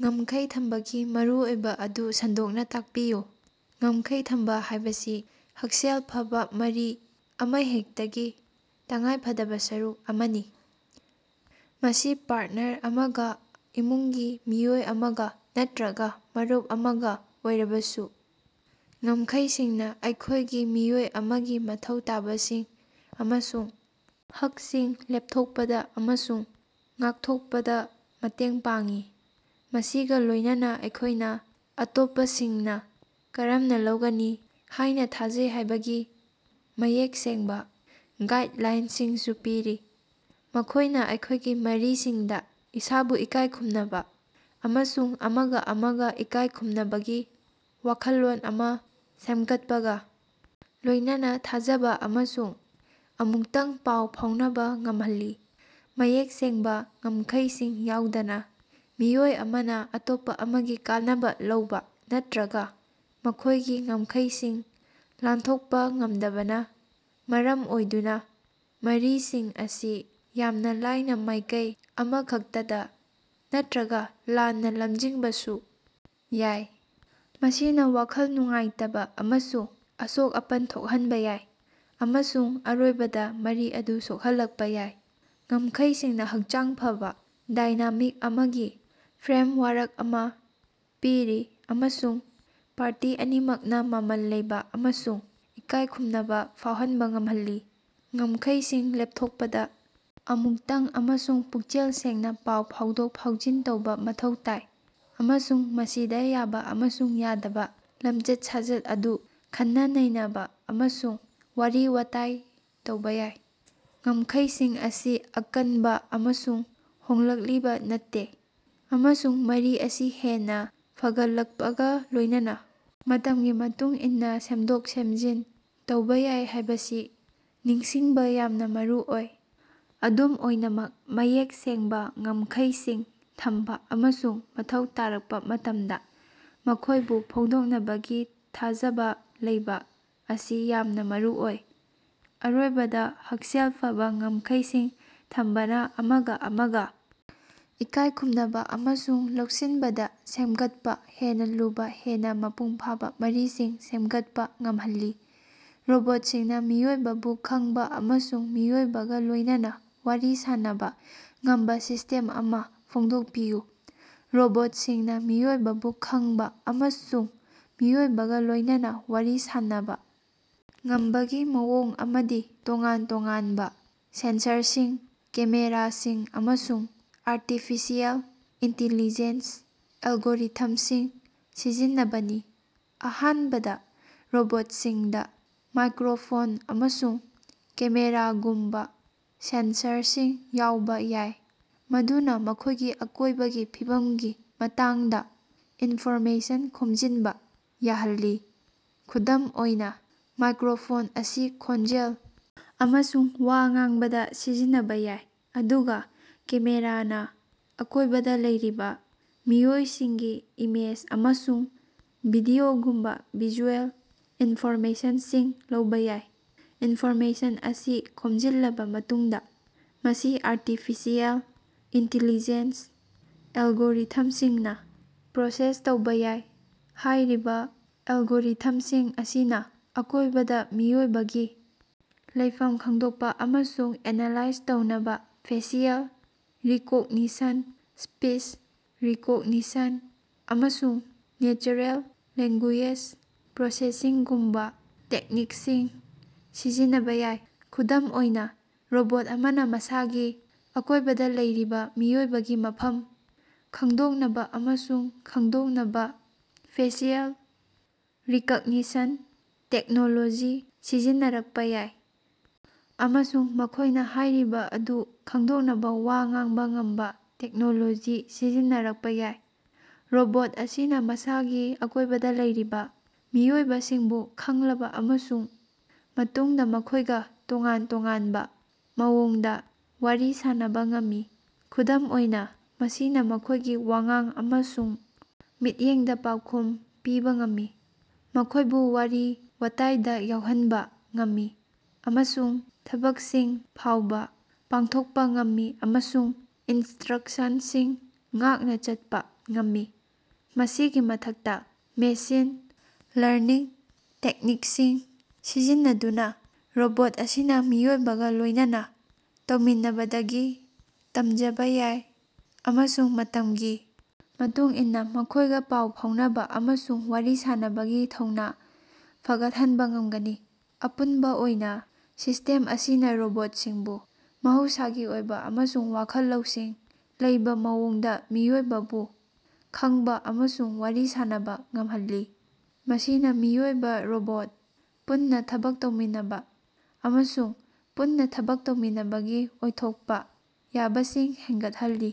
ꯉꯝꯈꯩ ꯊꯝꯕꯒꯤ ꯃꯔꯨꯑꯣꯏꯕꯥ ꯑꯗꯨ ꯁꯟꯗꯣꯛꯅꯥ ꯇꯥꯛꯄꯤꯌꯨ꯫ ꯉꯝꯈꯩ ꯊꯝꯕꯥ ꯍꯥꯏꯕꯁꯤ ꯍꯛꯁꯦꯜ ꯐꯕꯥ ꯃꯔꯤ ꯑꯃꯍꯦꯛꯇꯒꯤ ꯇꯉꯥꯏꯐꯗꯕꯥ ꯁꯔꯨꯛ ꯑꯃꯅꯤ, ꯃꯁꯤ ꯄꯥꯔꯠꯅꯔ ꯑꯃꯒꯥ, ꯏꯃꯨꯡꯒꯤ ꯃꯤꯑꯣꯏ ꯑꯃꯒꯥ ꯅꯠꯇ꯭ꯔꯒꯥ ꯃꯔꯨꯞ ꯑꯃꯒꯥ ꯑꯣꯏꯔꯕꯁꯨ꯫ ꯉꯝꯈꯩꯁꯤꯡꯅꯥ ꯑꯩꯈꯣꯏꯒꯤ ꯃꯤꯑꯣꯏ ꯑꯃꯒꯤ ꯃꯊꯧ ꯇꯥꯕꯁꯤꯡ ꯑꯃꯁꯨꯡ ꯍꯛꯁꯤꯡ ꯂꯦꯞꯊꯣꯛꯄꯗꯥ ꯑꯃꯁꯨꯡ ꯉꯥꯛꯊꯣꯛꯄꯗꯥ ꯃꯇꯦꯡ ꯄꯥꯡꯏ, ꯃꯁꯤꯒꯥ ꯂꯣꯏꯅꯅꯥ ꯑꯩꯈꯣꯏꯅꯥ ꯑꯇꯣꯞꯄꯁꯤꯡꯅꯥ ꯀꯔꯝꯅꯥ ꯂꯧꯒꯅꯤ ꯍꯥꯏꯅꯥ ꯊꯥꯖꯩ ꯍꯥꯏꯕꯒꯤ ꯃꯌꯦꯛ ꯁꯦꯡꯕꯥ ꯒꯥꯏꯗꯂꯥꯏꯟꯁꯤꯡꯁꯨ ꯄꯤꯔꯤ꯫ ꯃꯈꯣꯏꯅꯥ ꯑꯩꯈꯣꯏꯒꯤ ꯃꯔꯤꯁꯤꯡꯗꯥ ꯏꯁꯥꯕꯨ ꯏꯀꯥꯏ ꯈꯨꯝꯅꯕꯥ ꯑꯃꯁꯨꯡ ꯑꯃꯒꯥ ꯑꯃꯒꯥ ꯏꯀꯥꯏ ꯈꯨꯝꯅꯕꯒꯤ ꯋꯥꯈꯜꯂꯣꯟ ꯑꯃ ꯁꯦꯝꯒꯠꯄꯒꯥ ꯂꯣꯏꯅꯅꯥ ꯊꯥꯖꯕꯥ ꯑꯃꯁꯨꯡ ꯑꯃꯨꯛꯇꯪ ꯄꯥꯎ ꯐꯥꯎꯅꯕꯥ ꯉꯝꯍꯜꯂꯤ꯫ ꯃꯌꯦꯛ ꯁꯦꯡꯕꯥ ꯉꯝꯈꯩꯁꯤꯡ ꯌꯥꯎꯗꯅꯥ, ꯃꯤꯑꯣꯏ ꯑꯃꯅꯥ ꯑꯇꯣꯞꯄꯥ ꯑꯃꯒꯤ ꯀꯥꯟꯅꯕꯥ ꯂꯧꯕꯥ ꯅꯠꯇ꯭ꯔꯒꯥ ꯃꯈꯣꯏꯒꯤ ꯉꯝꯈꯩꯁꯤꯡ ꯂꯥꯟꯊꯣꯛꯄꯥ ꯉꯝꯗꯕꯅꯥ ꯃꯔꯝ ꯑꯣꯏꯗꯨꯅ ꯃꯔꯤꯁꯤꯡ ꯑꯁꯤ ꯌꯥꯝꯅ ꯂꯥꯏꯅ ꯃꯥꯏꯀꯩ ꯑꯃꯈꯛꯇꯗꯥ ꯅꯠꯇ꯭ꯔꯒꯥ ꯂꯥꯟꯅ ꯂꯝꯖꯤꯡꯕꯁꯨ ꯌꯥꯏ꯫ ꯃꯁꯤꯅ ꯋꯥꯈꯜ ꯅꯨꯡꯉꯥꯏꯇꯕꯥ ꯑꯃꯁꯨꯡ ꯑꯁꯣꯛ-ꯑꯄꯟ ꯊꯣꯛꯍꯟꯕꯥ ꯌꯥꯏ, ꯑꯃꯁꯨꯡ ꯑꯔꯣꯏꯕꯗꯥ ꯃꯔꯤ ꯑꯗꯨ ꯁꯣꯛꯍꯜꯂꯛꯄꯥ ꯌꯥꯏ꯫ ꯉꯝꯈꯩꯁꯤꯡꯅꯥ ꯍꯛꯆꯥꯡ ꯐꯕꯥ ꯗꯥꯏꯅꯥꯃꯤꯛ ꯑꯃꯒꯤ ꯐ꯭ꯔꯦꯝꯋꯥꯔꯛ ꯑꯃ ꯄꯤꯔꯤ ꯑꯃꯁꯨꯡ ꯄꯥꯔꯇꯤ ꯑꯅꯤꯃꯛꯅꯥ ꯃꯃꯜ ꯂꯩꯕ ꯑꯃꯁꯨꯡ ꯏꯀꯥꯏꯈꯨꯝꯅꯕꯥ ꯐꯥꯎꯍꯟꯕꯥ ꯉꯝꯍꯜꯂꯤ꯫ ꯉꯝꯈꯩꯁꯤꯡ ꯂꯦꯞꯊꯣꯛꯄꯗꯥ ꯑꯃꯨꯛꯇꯪ ꯑꯃꯁꯨꯡ ꯄꯨꯛꯆꯦꯜ ꯁꯦꯡꯅꯥ ꯄꯥꯎ ꯐꯥꯎꯗꯣꯛ-ꯐꯥꯎꯖꯤꯟ ꯇꯧꯕ ꯃꯊꯧ ꯇꯥꯏ, ꯑꯃꯁꯨꯡ ꯃꯁꯤꯗꯥ ꯌꯥꯕ ꯑꯃꯁꯨꯡ ꯌꯥꯗꯕꯥ ꯂꯝꯆꯠ-ꯁꯥꯖꯠ ꯑꯗꯨ ꯈꯟꯅ-ꯅꯩꯅꯕꯥ ꯑꯃꯁꯨꯡ ꯋꯥꯔꯤ-ꯋꯥꯇꯥꯏ ꯇꯧꯕꯥ ꯌꯥꯏ꯫ ꯉꯝꯈꯩꯁꯤꯡ ꯑꯁꯤ ꯑꯀꯟꯕꯥ ꯑꯃꯁꯨꯡ ꯍꯣꯡꯂꯛꯂꯤꯕꯥ ꯅꯠꯇꯦ, ꯑꯃꯁꯨꯡ ꯃꯔꯤ ꯑꯁꯤ ꯍꯦꯟꯅꯥ ꯐꯒꯠꯂꯛꯄꯒꯥ ꯂꯣꯏꯅꯅꯥ ꯃꯇꯝꯒꯤ ꯃꯇꯨꯡꯏꯟꯅꯥ ꯁꯦꯝꯗꯣꯛ-ꯁꯦꯝꯖꯤꯟ ꯇꯧꯕ ꯌꯥꯏ ꯍꯥꯏꯕꯁꯤ ꯅꯤꯡꯁꯤꯡꯕꯥ ꯌꯥꯝꯅ ꯃꯔꯨꯑꯣꯏ꯫ ꯑꯗꯨꯝ ꯑꯣꯏꯅꯃꯛ, ꯃꯌꯦꯛ ꯁꯦꯡꯕꯥ ꯉꯝꯈꯩꯁꯤꯡ ꯊꯝꯕꯥ ꯑꯃꯁꯨꯡ ꯃꯊꯧ ꯇꯥꯔꯛꯄꯥ ꯃꯇꯝꯗꯥ ꯃꯈꯣꯏꯕꯨ ꯐꯣꯡꯗꯣꯛꯅꯕꯒꯤ ꯊꯥꯖꯕꯥ ꯂꯩꯕꯥ ꯑꯁꯤ ꯌꯥꯝꯅ ꯃꯔꯨꯑꯣꯏ꯫ ꯑꯔꯣꯏꯕꯗꯥ, ꯍꯛꯁꯦꯜ ꯐꯕꯥ ꯉꯝꯈꯩꯁꯤꯡ ꯊꯝꯕꯅꯥ ꯑꯃꯒꯥ ꯑꯃꯒꯥ ꯏꯀꯥꯏ ꯈꯨꯝꯅꯕꯥ ꯑꯃꯁꯨꯡ ꯂꯧꯁꯤꯟꯕꯗꯥ ꯁꯦꯝꯒꯠꯄꯥ ꯍꯦꯟꯅꯥ ꯂꯨꯕꯥ, ꯍꯦꯟꯅꯥ ꯃꯄꯨꯡ ꯐꯥꯕꯥ ꯃꯔꯤꯁꯤꯡ ꯁꯦꯝꯒꯠꯄꯥ ꯉꯝꯍꯜꯂꯤ꯫ ꯔꯣꯕꯣꯠꯁꯤꯡꯅꯥ ꯃꯤꯑꯣꯏꯕꯕꯨ ꯈꯪꯕꯥ ꯑꯃꯁꯨꯡ ꯃꯤꯑꯣꯏꯕꯒꯥ ꯂꯣꯏꯅꯅꯥ ꯋꯥꯔꯤ ꯁꯥꯟꯅꯕꯥ ꯉꯝꯕꯥ ꯁꯤꯁꯇꯦꯝ ꯑꯃ ꯐꯣꯡꯗꯣꯛꯄꯤꯌꯨ꯫ ꯔꯣꯕꯣꯠꯁꯤꯡꯅꯥ ꯃꯤꯑꯣꯏꯕꯕꯨ ꯈꯪꯕꯥ ꯑꯃꯁꯨꯡ ꯃꯤꯑꯣꯏꯕꯒꯥ ꯂꯣꯏꯅꯅꯥ ꯋꯥꯔꯤ ꯁꯥꯟꯅꯕꯥ ꯉꯝꯕꯒꯤ ꯃꯑꯣꯡ ꯑꯃꯗꯤ ꯇꯣꯉꯥꯟ ꯇꯣꯉꯥꯟꯕꯥ ꯁꯦꯟꯁꯔꯁꯤꯡ, ꯀꯦꯃꯦꯔꯥꯁꯤꯡ ꯑꯃꯁꯨꯡ ꯑꯥꯔꯇꯤꯐꯤꯁꯤꯑꯦꯜ ꯏꯟꯇꯤꯂꯤꯖꯦꯟꯁ ꯑꯦꯜꯒꯣꯔꯤꯊꯝꯁꯤꯡ ꯁꯤꯖꯤꯟꯅꯕꯅꯤ꯫ ꯑꯍꯥꯟꯕꯗꯥ, ꯔꯣꯕꯣꯠꯁꯤꯡꯗꯥ ꯃꯥꯏꯀ꯭ꯔꯣꯐꯣꯟ ꯑꯃꯁꯨꯡ ꯀꯦꯃꯦꯔꯥꯒꯨꯝꯕꯥ ꯁꯦꯟꯁꯔꯁꯤꯡ ꯌꯥꯎꯕ ꯌꯥꯏ ꯃꯗꯨꯅꯥ ꯃꯈꯣꯏꯒꯤ ꯑꯀꯣꯏꯕꯒꯤ ꯐꯤꯚꯝꯒꯤ ꯃꯇꯥꯡꯗ ꯏꯟꯐꯣꯔꯃꯦꯁꯟ ꯈꯣꯝꯖꯤꯟꯕꯥ ꯌꯥꯍꯜꯂꯤ꯫ ꯈꯨꯗꯝ ꯑꯣꯏꯅ, ꯃꯥꯏꯀ꯭ꯔꯣꯐꯣꯟ ꯑꯁꯤ ꯈꯣꯟꯖꯦꯜ ꯑꯃꯁꯨꯡ ꯋꯥ ꯉꯥꯡꯕꯗꯥ ꯁꯤꯖꯤꯟꯅꯕꯥ ꯌꯥꯏ, ꯑꯗꯨꯒꯥ ꯀꯦꯃꯦꯔꯥꯅꯥ ꯑꯀꯣꯏꯕꯗꯥ ꯂꯩꯔꯤꯕꯥ ꯃꯤꯑꯣꯏꯁꯤꯡꯒꯤ ꯏꯃꯦꯖ ꯑꯃꯁꯨꯡ ꯚꯤꯗꯤꯑꯣꯒꯨꯝꯕꯥ ꯚꯤꯖꯨꯑꯦꯜ ꯏꯟꯐꯣꯔꯃꯦꯁꯟꯁꯤꯡ ꯂꯧꯕꯥ ꯌꯥꯏ꯫ ꯏꯟꯐꯣꯔꯃꯦꯁꯟ ꯑꯁꯤ ꯈꯣꯝꯖꯤꯜꯂꯕꯥ ꯃꯇꯨꯡꯗꯥ, ꯃꯁꯤ ꯑꯥꯔꯇꯤꯐꯤꯁꯤꯑꯦꯜ ꯏꯟꯇꯤꯂꯤꯖꯦꯟꯁ ꯑꯦꯜꯒꯣꯔꯤꯊꯝꯁꯤꯡꯅꯥ ꯄ꯭ꯔꯣꯁꯦꯁ ꯇꯧꯕ ꯌꯥꯏ꯫ ꯍꯥꯏꯔꯤꯕꯥ ꯑꯦꯜꯒꯣꯔꯤꯊꯝꯁꯤꯡ ꯑꯁꯤꯅ ꯑꯀꯣꯏꯕꯗꯥ ꯃꯤꯑꯣꯏꯕꯒꯤ ꯂꯩꯐꯝ ꯈꯪꯗꯣꯛꯄꯥ ꯑꯃꯁꯨꯡ ꯑꯦꯅꯥꯂꯥꯏꯖ ꯇꯧꯅꯕꯥ ꯐꯦꯁꯤꯑꯦꯜ ꯔꯤꯀꯣꯛꯅꯤꯁꯟ, ꯁ꯭ꯄꯤꯆ ꯔꯤꯀꯣꯒꯅꯤꯁꯟ, ꯑꯃꯁꯨꯡ ꯅꯦꯆꯔꯦꯜ ꯂꯦꯡꯒꯨꯌꯦꯖ ꯄ꯭ꯔꯣꯁꯦꯁꯤꯡꯒꯨꯝꯕꯥ ꯇꯦꯛꯅꯤꯛꯁꯤꯡ ꯁꯤꯖꯤꯟꯅꯕꯥ ꯌꯥꯏ꯫ ꯈꯨꯗꯝ ꯑꯣꯏꯅ, ꯔꯣꯕꯣꯠ ꯑꯃꯅꯥ ꯃꯁꯥꯒꯤ ꯑꯀꯣꯏꯕꯗꯥ ꯂꯩꯔꯤꯕꯥ ꯃꯤꯑꯣꯏꯕꯒꯤ ꯃꯐꯝ ꯈꯪꯗꯣꯛꯅꯕꯥ ꯑꯃꯁꯨꯡ ꯈꯪꯗꯣꯛꯅꯕꯥ ꯐꯦꯁꯤꯑꯦꯜ ꯔꯤꯀꯛꯅꯤꯁꯟ ꯇꯦꯛꯅꯣꯂꯣꯖꯤ ꯁꯤꯖꯤꯟꯅꯔꯛꯄꯥ ꯌꯥꯏ, ꯑꯃꯁꯨꯡ ꯃꯈꯣꯏꯅꯥ ꯍꯥꯏꯔꯤꯕ ꯑꯗꯨ ꯈꯪꯗꯣꯛꯅꯕꯥ ꯋꯥ ꯉꯥꯡꯕꯥ ꯉꯝꯕꯥ ꯇꯦꯛꯅꯣꯂꯣꯖꯤ ꯁꯤꯖꯤꯟꯅꯔꯛꯄꯥ ꯌꯥꯏ꯫ ꯔꯣꯕꯣꯠ ꯑꯁꯤꯅ ꯃꯁꯥꯒꯤ ꯑꯀꯣꯏꯕꯗꯥ ꯂꯩꯔꯤꯕꯥ ꯃꯤꯑꯣꯏꯕꯁꯤꯡꯕꯨ ꯈꯪꯂꯕꯥ ꯑꯃꯁꯨꯡ ꯃꯇꯨꯡꯗꯥ ꯃꯈꯣꯏꯒꯥ ꯇꯣꯉꯥꯟ ꯇꯣꯉꯥꯟꯕꯥ ꯃꯑꯣꯡꯗꯥ ꯋꯥꯔꯤ ꯁꯥꯟꯅꯕꯥ ꯉꯝꯃꯤ꯫ ꯈꯨꯗꯝ ꯑꯣꯏꯅ, ꯃꯁꯤꯅ ꯃꯈꯣꯏꯒꯤ ꯋꯥꯉꯥꯡ ꯑꯃꯁꯨꯡ ꯃꯤꯠꯌꯦꯡꯗꯥ ꯄꯥꯎꯈꯨꯝ ꯄꯤꯕꯥ ꯉꯝꯃꯤ, ꯃꯈꯣꯏꯕꯨ ꯋꯥꯔꯤ-ꯋꯥꯇꯥꯏꯗꯥ ꯌꯥꯎꯍꯟꯕ ꯉꯝꯃꯤ, ꯑꯃꯁꯨꯡ ꯊꯕꯛꯁꯤꯡ ꯐꯥꯎꯕꯥ ꯄꯥꯡꯊꯣꯛꯄꯥ ꯉꯝꯃꯤ ꯑꯃꯁꯨꯡ ꯏꯟꯁꯇ꯭ꯔꯛꯁꯟꯁꯤꯡ ꯉꯥꯛꯅꯥ ꯆꯠꯄꯥ ꯉꯝꯃꯤ꯫ ꯃꯁꯤꯒꯤ ꯃꯊꯛꯇꯥ, ꯃꯦꯁꯤꯟ ꯂꯔꯅꯤꯡ ꯇꯦꯛꯅꯤꯛꯁꯤꯡ ꯁꯤꯖꯤꯟꯅꯗꯨꯅꯥ ꯔꯣꯕꯣꯠ ꯑꯁꯤꯅ ꯃꯤꯑꯣꯏꯕꯒꯥ ꯂꯣꯏꯅꯅꯥ ꯇꯧꯃꯤꯟꯅꯕꯗꯒꯤ ꯇꯝꯖꯕꯥ ꯌꯥꯏ ꯑꯃꯁꯨꯡ ꯃꯇꯝꯒꯤ ꯃꯇꯨꯡ ꯏꯟꯅꯥ ꯃꯈꯣꯏꯒꯥ ꯄꯥꯎ ꯐꯥꯎꯅꯕꯥ ꯑꯃꯁꯨꯡ ꯋꯥꯔꯤ ꯁꯥꯟꯅꯕꯒꯤ ꯊꯧꯅꯥ ꯐꯒꯠꯍꯟꯕꯥ ꯉꯝꯒꯅꯤ꯫ ꯑꯄꯨꯟꯕꯥ ꯑꯣꯏꯅ, ꯁꯤꯁꯇꯦꯝ ꯑꯁꯤꯅ ꯔꯣꯕꯣꯠꯁꯤꯡꯕꯨ ꯃꯍꯧꯁꯥꯒꯤ ꯑꯣꯏꯕ ꯑꯃꯁꯨꯡ ꯋꯥꯈꯜ ꯂꯧꯁꯤꯡ ꯂꯩꯕꯥ ꯃꯑꯣꯡꯗꯥ ꯃꯤꯑꯣꯏꯕꯕꯨ ꯈꯪꯕꯥ ꯑꯃꯁꯨꯡ ꯋꯥꯔꯤ ꯁꯥꯟꯅꯕꯥ ꯉꯝꯍꯜꯂꯤ, ꯃꯁꯤꯅ ꯃꯤꯑꯣꯏꯕ-ꯔꯣꯕꯣꯠ ꯄꯨꯟꯅꯥ ꯊꯕꯛ ꯇꯧꯃꯤꯟꯅꯕꯥ ꯑꯃꯁꯨꯡ ꯄꯨꯟꯅꯥ ꯊꯕꯛ ꯇꯧꯃꯤꯟꯅꯕꯒꯤ ꯑꯣꯏꯊꯣꯛꯄꯥ ꯌꯥꯕꯁꯤꯡ ꯍꯦꯟꯒꯠꯍꯜꯂꯤ꯫